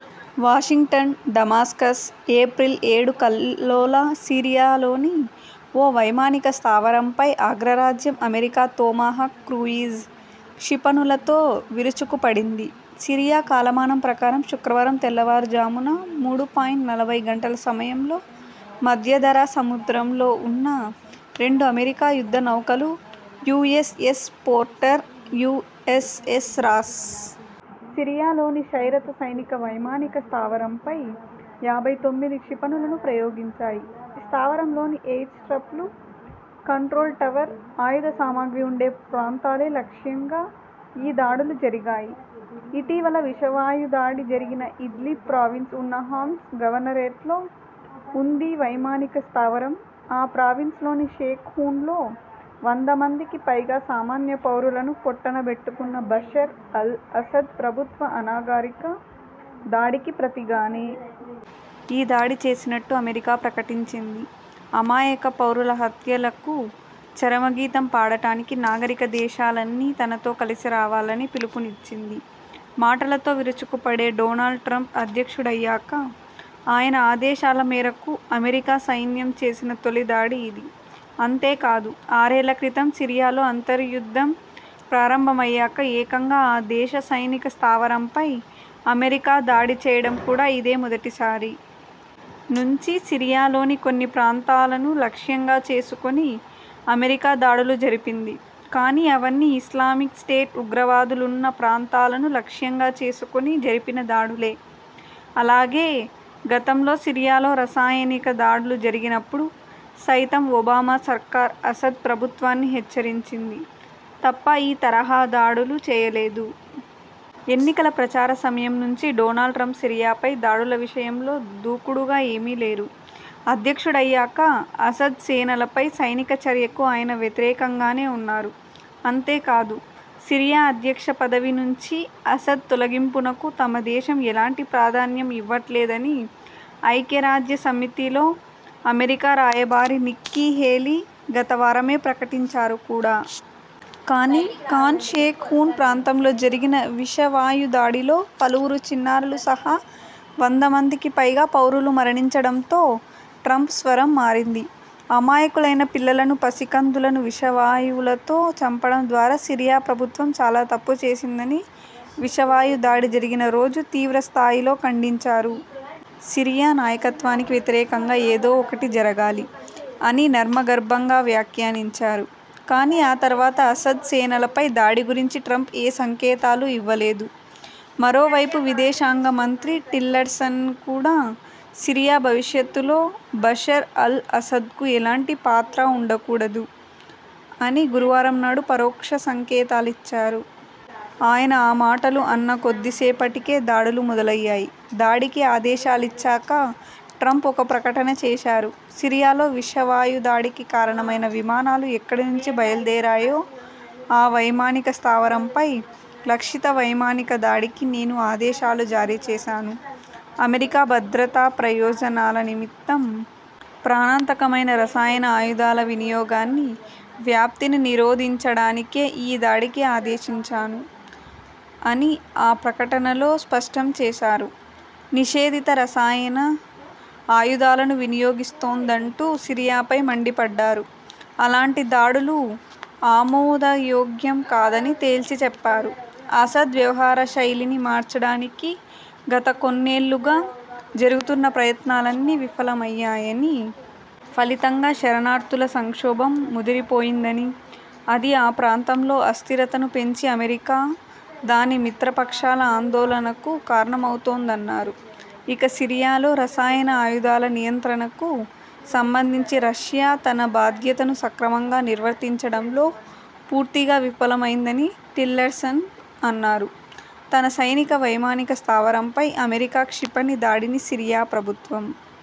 Washington, Damascus, April ఏడు కల్లోల సిరియాలోని ఓ వైమానిక స్థావరంపై అగ్రరాజ్యం అమెరికా తొమహాక్ క్రూయిజ్ క్షిపణులతో విరుచుకుపడింది! సిరియా కాలమానం ప్రకారం శుక్రవారం తెల్లవారుజామున మూడు పాయింట్ నలభై గంటల సమయంలో మధ్యధరా సముద్రంలో ఉన్న రెండు అమెరికా యుద్ధ నౌకలు యూఎస్ఎస్ పోర్టర్, యూఎ్సఎస్ రాస్. సిరియాలోని షైరత సైనిక వైమానిక స్థావరంపై యాభై తొమ్మిది క్షిపణులను ప్రయోగించాయి. స్థావరంలోని ఎయిర్సి్ట్ర్పలు, కంట్రోల్ టవర్, ఆయుధసామగ్రి ఉండే ప్రాంతాలే లక్ష్యంగా ఈ దాడులు జరిగాయి. ఇటీవల విషవాయు దాడి జరిగిన ఇద్లిబ్ ప్రావిన్స్ ఉన్న హామ్స్ గవర్నరేట్లో ఉందీ వైమానిక స్థావరం. ఆ ప్రావిన్సులోని షేక్ హూన్లో వంద మందికిపైగా సామాన్యపౌరులను పొట్టనబెటుకున్న బషర్ అల్ అసద్ ప్రభుత్వ అనాగరిక దాడికి ప్రతిగానే. ఈ దాడి చేసినట్టు అమెరికా ప్రకటించింది. అమాయక పౌరుల హత్యలకు చరమగీతం పాడటానికి నాగరిక దేశాలన్నీ తనతో కలిసిరావాలని పిలుపునిచ్చింది. మాటలతో విరుచుకుపడే డోనాల్డ్ ట్రంప్ అధ్యక్షుడయ్యాక ఆయన ఆదేశాల మేరకు అమెరికా సైన్యం చేసిన తొలి దాడి ఇది. అంతే కాదు, ఆరేళ్ల క్రితం సిరియాలో అంతర్యుద్ధం ప్రారంభమయ్యాక ఏకంగా ఆ దేశ సైనిక స్థావరంపై అమెరికా దాడి చేయడం కూడా ఇదే మొదటిసారి. నుంచి సిరియాలోని కొన్ని ప్రాంతాలను లక్ష్యంగా చేసుకుని అమెరికా దాడులు జరిపింది. కానీ, అవన్నీ ఇస్లామిక్ స్టేట్ ఉగ్రవాదులున్న ప్రాంతాలను లక్ష్యంగా చేసుకుని జరిపిన దాడులే. అలాగే.. గతంలో సిరియాలో రసాయనిక దాడులు జరిగినప్పుడు సైతం ఒబామా సర్కారు అసద్ ప్రభుత్వాన్ని హెచ్చరించింది తప్ప ఈ తరహా దాడులు చేయలేదు. ఎన్నికల ప్రచార సమయం నుంచీ డోనాల్డ్ ట్రంప్ సిరియాపై దాడుల విషయంలో దూకుడుగా ఏమీ లేరు. అధ్యక్షుడయ్యాకా.. అసద్ సేనలపై సైనిక చర్యకు ఆయన వ్యతిరేకంగానే ఉన్నారు. అంతే కాదు.. సిరియా అధ్యక్ష పదవి నుంచి అసద్ తొలగింపునకు తమదేశం ఎలాంటి ప్రాధాన్యం ఇవ్వట్లేదని. ఐక్యరాజ్యసమితిలో అమెరికా రాయబారి నిక్కీహేలీ గతవారమే ప్రకటించారు కూడా. కానీ.. ఖాన్ షేక్ హూన్ ప్రాంతంలో జరిగిన విషవాయుదాడిలో పలువురు చిన్నారులు సహా వంద మందికిపైగా పౌరులు మరణించడంతో ట్రంప్ స్వరం మారింది. అమాయకులైన పిల్లలను, పసికందులను విషవాయువులతో చంపడం ద్వారా సిరియా ప్రభుత్వం చాలా తప్పు చేసిందని.. విషవాయు దాడి జరిగిన రోజు తీవ్రస్థాయిలో ఖండించారు. ''సిరియా నాయకత్వానికి వ్యతిరేకంగా ఏదో ఒకటి జరగాలి'' అని నర్మగర్భంగా వ్యాఖ్యానించారు. కానీ, ఆ తర్వాత అసద్ సేనలపై దాడి గురించి ట్రంప్ ఏ సంకేతాలూ ఇవ్వలేదు. మరోవైపు విదేశాంగ మంత్రి టిల్లర్సన్ కూడా.. ''సిరియా భవిష్యత్తులో బషర్ అల్ అసద్కు ఎలాంటి పాత్రా ఉండకూడదు'' అని గురువారంనాడు పరోక్ష సంకేతాలిచ్చారు. ఆయన ఆ మాటలు అన్న కొద్దిసేపటికే దాడులు మొదలయ్యాయి. దాడికి ఆదేశాలిచ్చాక ట్రంప్ఒక ప్రకటన చేశారు. ''సిరియాలో విషవాయుదాడికి కారణమైన విమానాలు ఎక్కడి నుంచి బయల్దేరాయో ఆ వైమానిక స్థావరంపై లక్ష్యిత వైమానిక దాడికి నేను ఆదేశాలు జారీ చేశాను. అమెరికా భద్రతా ప్రయోజనాల నిమిత్తం.. ప్రాణాంతకమైన రసాయన ఆయుధాల వినియోగాన్ని, వ్యాప్తిని నిరోధించడానికే ఈ దాడికి ఆదేశించాను'' అని ఆ ప్రకటనలో స్పష్టం చేశారు. నిషేధిత రసాయన ఆయుధాలను వినియోగిస్తోందంటూ సిరియాపై మండిపడ్డారు. అలాంటి దాడులు ఆమోదయోగ్యం కాదని తేల్చిచెప్పారు. అసద్ వ్యవహారశైలిని మార్చడానికి గత కొన్నేళ్లుగా జరుగుతున్న ప్రయత్నాలన్నీ విఫలమయ్యాయని.. ఫలితంగా శరణార్థుల సంక్షోభం ముదిరిపోయిందని, అది ఆ ప్రాంతంలో అస్థిరతను పెంచి అమెరికా, దాని మిత్రపక్షాల ఆందోళనకు కారణమవుతోందన్నారు. ఇక.. సిరియాలో రసాయన ఆయుధాల నియంత్రణకు సంబంధించి రష్యా తన బాధ్యతను సక్రమం గా నిర్వర్తించడంలో పూర్తిగా విఫలమైందని టిల్లర్సన్ అన్నారు. తన సైనిక వైమానిక స్థావరంపై అమెరికా క్షిపణి దాడిని సిరియా ప్రభుత్వం